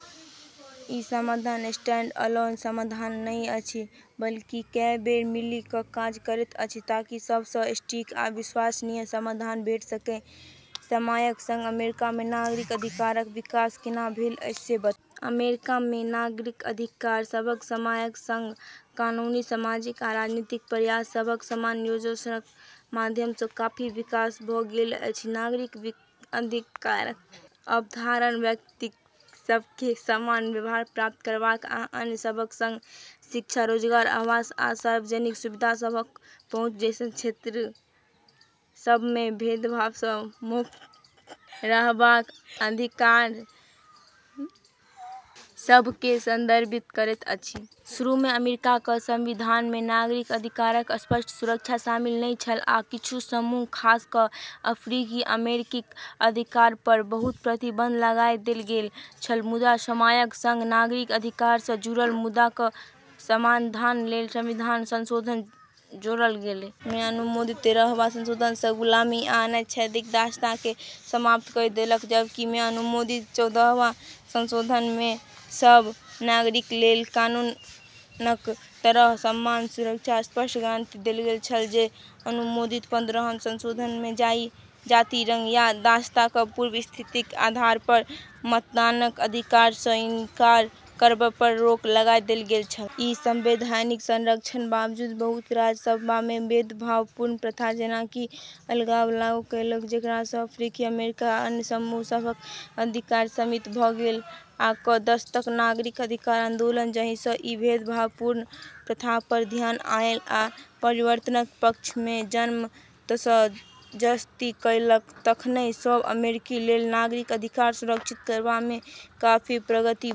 ई समाधान स्टैंडअलोन समाधान नहि अछि बल्कि कए बेर मिलि कऽ काज करैत अछि, ताकि सबसँ सटीक आ विश्वसनीय समाधान भेट सकए। समयक संग अमेरिकामे नागरिक अधिकारक विकास केना भेल अछि से बताउ। अमेरिकामे नागरिक अधिकार सभक समयक सँग कानूनी, सामाजिक आ राजनीतिक प्रयास सभक संयोजनक माध्यमसँ काफी विकास भऽ गेल अछि। नागरिक अधिकारक अवधारणा व्यक्तिसभकेँ समान व्यवहार प्राप्त करबाक आ अन्य सभक संग शिक्षा, रोजगार, आवास, आ सार्वजनिक सुविधा सभक पहुँच जैसन क्षेत्रसभमे भेदभावसँ मुक्त रहबाक अधिकारसभकेँ संदर्भित करैत अछि। शुरूमे अमेरिकाक संविधानमे नागरिक अधिकारक स्पष्ट सुरक्षा शामिल नहि छल, आ किछु समूह खास कऽ अफ्रीकी अमेरिकीक अधिकारपर बहुत प्रतिबंध लगाए देल गेल छल। मुदा समयक सँग नागरिक अधिकारसँ जुड़ल मुद्दाक समाधानलेल संविधानमे संशोधन जोड़ल गेलै। मे अनुमोदित तेरहवाँ संशोधन सँ गुलामी आ अनैच्छिक दासताकेँ समाप्त कइ देलक, जबकि मे अनुमोदित चौदहवाँ संशोधनमे सब नागरिकलेल कानूनक तहत समान सुरक्षाक स्पष्ट गारंटी देल गेल छल। मे अनुमोदित पन्द्रहम संशोधनमे जाति, रंग या दासताक पूर्व स्थितिक आधारपर मतदानक अधिकारसँ इंकार करबपर रोक लगाए देल गेल छल। ई संवैधानिक संरक्षणक बावजूद, बहुत राज्यसभमे भेदभावपूर्ण प्रथा, जेना कि अलगाव, लागू कएलक, जेकरासँ अफ्रीकी अमेरिकी आ अन्य समूहसभक अधिकार सीमित भऽ गेल। आ क दशकक नागरिक अधिकार आंदोलन, जाहिसँ ई भेदभावपूर्ण प्रथापर ध्यान आएल आ परिवर्तनक पक्षमे जनमतकेँ जस्ती कएलक, तखनहि सब अमेरिकी लेल नागरिक अधिकार सुरक्षित करबामे काफी प्रगति भऽ गेल।